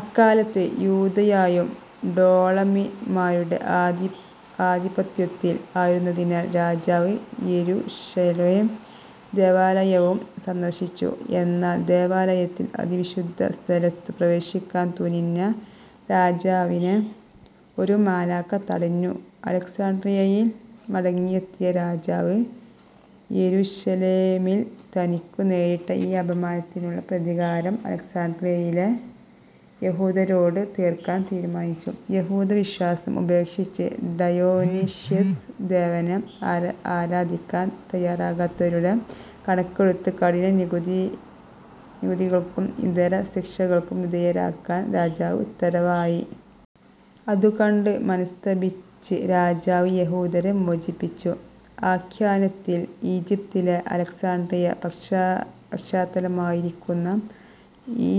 അക്കാലത്ത് യൂദയായും ടോളമിമാരുടെ ആധിപത്യത്തിൽ ആയിരുന്നതിനാൽ രാജാവ് യെരുശലേം ദേവാലയവും സന്ദർശിച്ചു. എന്നാൽ ദേവാലയത്തിൽ അതിവിശുദ്ധസ്ഥലത്തു പ്രവേശിക്കാൻ തുനിഞ്ഞ രാജാവിനെ ഒരു മാലാഖ തടഞ്ഞു. അലക്സാണ്ട്രിയയിൽ മടങ്ങിയെത്തിയ രാജാവ്, യെരുശലേമിൽ തനിക്കു നേരിട്ട ഈ അപമാനത്തിനുള്ള പ്രതികാരം അലക്സാണ്ട്രിയയിലെ യഹൂദരോടു തീർക്കാൻ തീരുമാനിച്ചു. യഹൂദവിശ്വാസം ഉപേക്ഷിച്ച് ഡയോനിഷ്യസ് ദേവനെ ആരാധിക്കാൻ തയ്യാറാകാത്തവരുടെ കണക്കെടുത്ത് കഠിനനികുതികൾക്കും ഇതര ശിക്ഷകൾക്കും വിധേയരാക്കാൻ രാജാവ് ഉത്തരവായി. അതു കണ്ട് മനസ്തപിച്ച് രാജാവ് യഹൂദരെ മോചിപ്പിച്ചു. ആഖ്യാനത്തിൽ ഈജിപ്തിലെ അലക്സാണ്ട്രിയ പശ്ചാത്തലമായിരിക്കുന്ന ഈ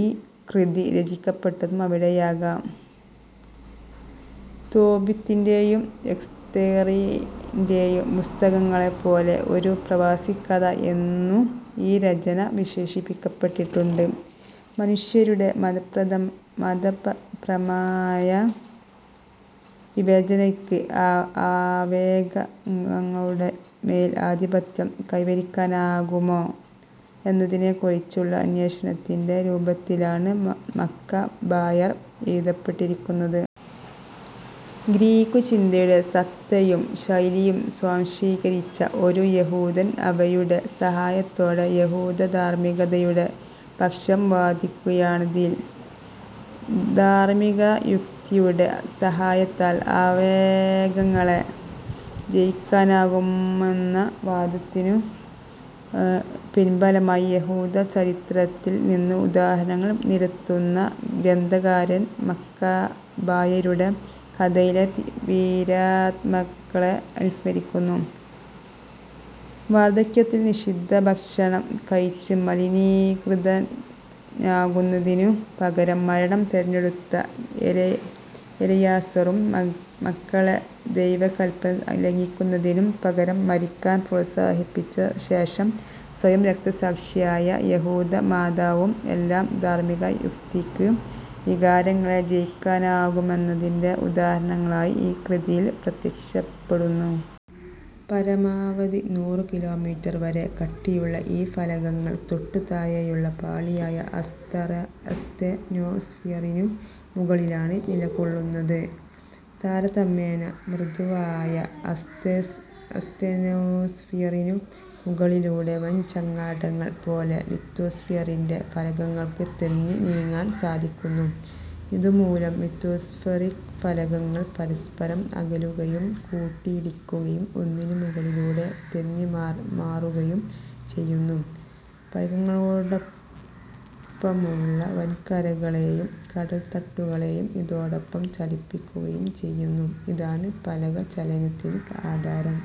കൃതി രചിക്കപ്പെട്ടതും അവിടെയാകാം. തോബിത്തിന്റേയും എസ്തേറിന്റേയും പുസ്തകങ്ങളെപ്പോലെ ഒരു പ്രവാസിക്കഥ എന്നു ഈ രചന വിശേഷിപ്പിക്കപ്പെട്ടിട്ടുണ്ട്. മനുഷ്യരുടെ മതപ്രമായ വിവേചനയ്ക്ക് ആവേഗങ്ങളുടെ മേൽ ആധിപത്യം കൈവരിക്കാനാകുമോ എന്നതിനെക്കുറിച്ചുള്ള അന്വേഷണത്തിന്റെ രൂപത്തിലാണ് മക്കബായർ എഴുതപ്പെട്ടിരിക്കുന്നത്. ഗ്രീക്കു ചിന്തയുടെ സത്തയും ശൈലിയും സ്വാംശീകരിച്ച ഒരു യഹൂദൻ അവയുടെ സഹായത്തോടെ യഹൂദധാർമ്മികതയുടെ പക്ഷം വാദിക്കുകയാണിതിൽ. ധാർമ്മികയുക്തിയുടെ സഹായത്താൽ ആവേഗങ്ങളെ ജയിക്കാനാകുമെന്ന വാദത്തിനു പിൻബലമായി യഹൂദചരിത്രത്തിൽ നിന്ന് ഉദാഹരണങ്ങൾ നിരത്തുന്ന ഗ്രന്ഥകാരൻ മക്കബായരുടെ കഥയിലെ വീരാത്മാക്കളെ അനുസ്മരിക്കുന്നു. വാർദ്ധക്യത്തിൽ നിഷിദ്ധഭക്ഷണം കഴിച്ച് മലിനീകൃതനാകുന്നതിനു പകരം മരണം തെരഞ്ഞെടുത്ത എലെയാസറും, മക്കളെ ദൈവകല്പന ലംഘിക്കുന്നതിനു പകരം മരിക്കാൻ പ്രോത്സാഹിപ്പിച്ച ശേഷം സ്വയം രക്തസാക്ഷിയായ യഹൂദമാതാവും എല്ലാം, ധാർമ്മികയുക്തിയ്ക്ക് വികാരങ്ങളെ ജയിക്കാനാകുമെന്നതിന്റെ ഉദാഹരണങ്ങളായി ഈ കൃതിയിൽ പ്രത്യക്ഷപ്പെടുന്നു. പരമാവധി നൂറു കിലോമീറ്റർ വരെ കട്ടിയുള്ള ഈ ഫലകങ്ങൾ തൊട്ടു താഴെയുള്ള പാളിയായ അസ്തെനോസ്ഫിയറിനു മുകളിലാണ് നിലകൊള്ളുന്നത്. താരതമ്യേന മൃദുവായ അസ്തെനോസ്ഫിയറിനു മുകളിലൂടെ വൻ ചങ്ങാടങ്ങൾ പോലെ ലിത്തോസ്ഫിയറിന്റെ ഫലകങ്ങൾക്ക് തെന്നി നീങ്ങാൻ സാധിക്കുന്നു. ഇതു മൂലം ലിത്തോസ്ഫെറിക് ഫലകങ്ങൾ പരസ്പരം അകലുകയും കൂട്ടിയിടിക്കുകയും ഒന്നിനു മുകളിലൂടെ തെന്നിമാറുകയും ചെയ്യുന്നു. ഫലകങ്ങളോടൊപ്പമുള്ള വൻകരകളേയും, കടൽത്തട്ടുകളേയും ഇതോടൊപ്പം ചലിപ്പിക്കുകയും ചെയ്യുന്നു. ഇതാണ് ഫലകചലനത്തിന് ആധാരം.